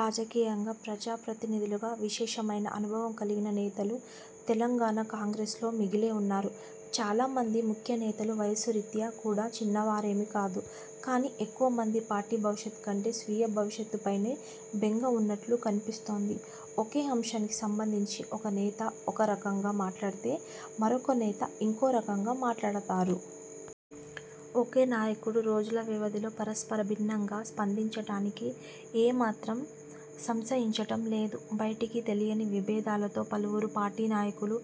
రాజకీయంగా, ప్రజాప్రతినిధులుగా విశేషమైన అనుభవం కలిగిన నేతలు తెలంగాణ కాంగ్రెస్లో మిగిలే ఉన్నారు. చాలామంది ముఖ్య నేతలు వయసు రీత్యా కూడా చిన్నవారేమీ కాదు. కానీ ఎక్కువ మందికి పార్టీ భవిష్యత్తు కంటే, స్వీయ భవిష్యత్తుపైనే బెంగ ఉన్నట్లు కనిపిస్తోంది. ఒకే అంశానికి సంబంధించి ఒక నేత ఒకరకంగా మాట్లాడితే, మరొక నేత ఇంకో రకంగా మాట్లాడతారు. ఒకే నాయకుడు రోజుల వ్యవధిలో పరస్పర భిన్నంగా స్పందించటానికి ఏ మాత్రం సంశయించటం లేదు. బయటికి తెలియని విభేదాలతో పలువురు పార్టీ నాయకులు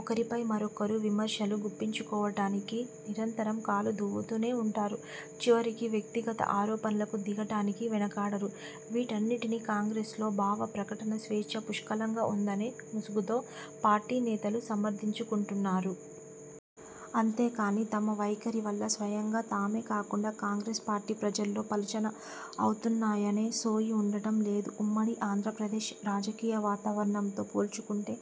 ఒకరిపై మరొకరు విమర్శలు గుప్పించుకోవటానికి నిరంతరం కాలు దువ్వుతూనే ఉంటారు. చివరికి వ్యక్తిగత ఆరోపణలకు దిగటానికీ వెనుకాడరు. వీటిన్నింటినీ కాంగ్రెస్లో 'భావ ప్రకటన స్వేచ్ఛ' పుష్కలంగా ఉందనే ముసుగుతో పార్టీ నేతలు సమర్థించుకుంటున్నారు. అంతేకానీ తమ వైఖరి వల్ల స్వయంగా తామే కాకుండా, కాంగ్రెస్ పార్టీ ప్రజల్లో పలుచన అవుతున్నాయనే సోయి ఉండటం లేదు. ఉమ్మడి ఆంధ్రప్రదేశ్ రాజకీయ వాతావరణంతో పోల్చుకుంటే,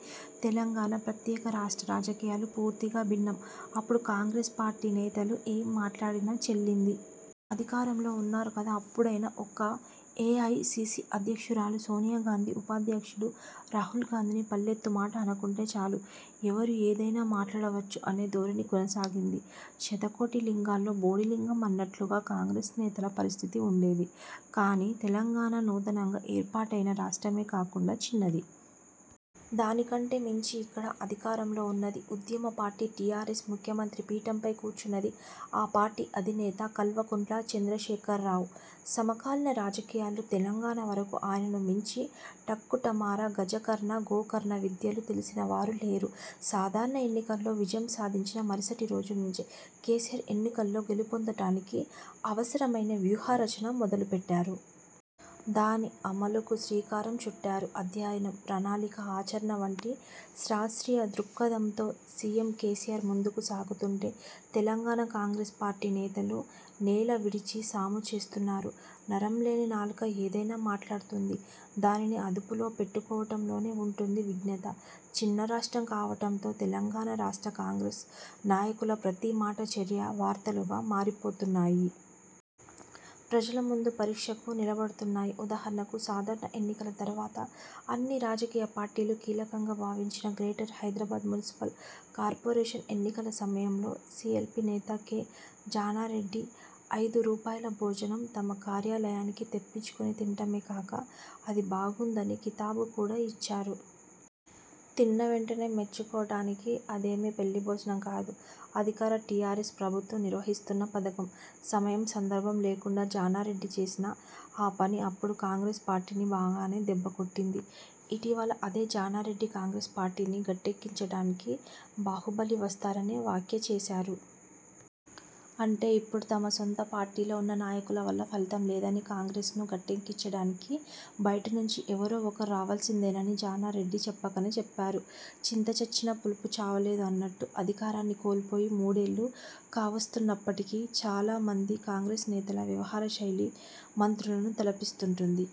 తెలంగాణ ప్రత్యేక రాష్ట్ర రాజకీయాలు పూర్తిగా భిన్నం. అప్పుడు కాంగ్రెస్ పార్టీ నేతలు ఏం మాట్లాడినా చెల్లింది. అధికారంలో ఉన్నారు కదా! అప్పుడైనా ఒక్క ఏఐసీసీ అధ్యక్షురాలు సోనియాగాంధీ, ఉపాధ్యక్షుడు రాహుల్గాంధీని పల్లెత్తు మాట అనకుంటే చాలు, ఎవరు ఏదైనా మాట్లాడవచ్చు అనే ధోరణి కొనసాగింది. 'శతకోటి లింగాల్లో బోడి లింగం' అన్నట్లుగా కాంగ్రెస్ నేతల పరిస్థితి ఉండేది. కానీ తెలంగాణ నూతనంగా ఏర్పాటైన రాష్ట్రమే కాకుండా చిన్నది. దానికంటే మించి ఇక్కడ అధికారంలో ఉన్నది ఉద్యమ పార్టీ టీఆర్ఎస్. ముఖ్యమంత్రి పీఠంపై కూర్చున్నది ఆ పార్టీ అధినేత కల్వకుంట్ల చంద్రశేఖర్రావు. సమకాలీన రాజకీయాల్లో తెలంగాణ వరకు ఆయనను మించి టక్కుటమారగజకర్ణగోకర్ణ విద్యలు తెలిసిన వారు లేరు. సాధారణ ఎన్నికల్లో విజయం సాధించిన మరుసటి రోజు నుంచే కేసీఆర్, ఎన్నికల్లో గెలుపొందటానికి అవసరమైన వ్యూహరచన మొదలుపెట్టారు. దాని అమలుకూ శ్రీకారం చుట్టారు. అధ్యయనం, ప్రణాళిక, ఆచరణ వంటి శాస్ర్తీయ దృక్పథంతో సీఎం కేసీఆర్ ముందుకు సాగుతుంటే, తెలంగాణ కాంగ్రెస్ పార్టీ నేతలు నేల విడిచి సాము చేస్తున్నారు. నరంలేని నాలుక ఏదైనా మాట్లాడుతుంది. దానిని అదుపులో పెట్టుకోవటంలోనే ఉంటుంది విజ్ఞత. చిన్న రాష్ట్రం కావటంతో తెలంగాణ రాష్ట్ర కాంగ్రెస్ నాయకుల ప్రతి మాట, చర్య వార్తలుగా మారిపోతున్నాయి. ప్రజల ముందు పరీక్షకు నిలబడుతున్నాయి. ఉదాహరణకు సాధారణ ఎన్నికల తర్వాత అన్ని రాజకీయ పార్టీలు కీలకంగా భావించిన గ్రేటర్ హైదరాబాద్ మున్సిపల్ కార్పొరేషన్ ఎన్నికల సమయంలో సీఎల్పీ నేత కె. జానారెడ్డి 'ఐదు రూపాయల భోజనం' తమ కార్యాలయానికి తెప్పించుకొని తినటమేకాక, అది బాగుందని కితాబు కూడా ఇచ్చారు. తిన్న వెంటనే మెచ్చుకోవటానికి అదేమీ పెళ్లి భోజనం కాదు. అధికార టీఆర్ఎస్ ప్రభుత్వం నిర్వహిస్తున్న పథకం. సమయం, సందర్భం లేకుండా జానారెడ్డి చేసిన ఆ పని అప్పుడు కాంగ్రెస్ పార్టీని బాగానే దెబ్బకొట్టింది. ఇటీవల అదే జానారెడ్డి కాంగ్రెస్ పార్టీని గట్టెక్కించటానికి బాహుబలి వస్తారనే వ్యాఖ్య చేశారు. అంటే ఇప్పుడు తమ సొంత పార్టీలో ఉన్న నాయకుల వల్ల ఫలితం లేదని, కాంగ్రెస్ను గట్టెక్కించటానికి బయటి నుంచి ఎవరో ఒకరు రావాల్సిందేనని జానారెడ్డి చెప్ప కనే చెప్పారు. 'చింత చచ్చినా పులుపు చావలేదు' అన్నట్టు అధికారాన్ని కోల్పోయి మూడేళ్లు కావస్తున్నప్పటికీ, చాలా మంది కాంగ్రెస్ నేతల వ్యవహారశైలి మంత్రులను తలపిస్తుంటుంది.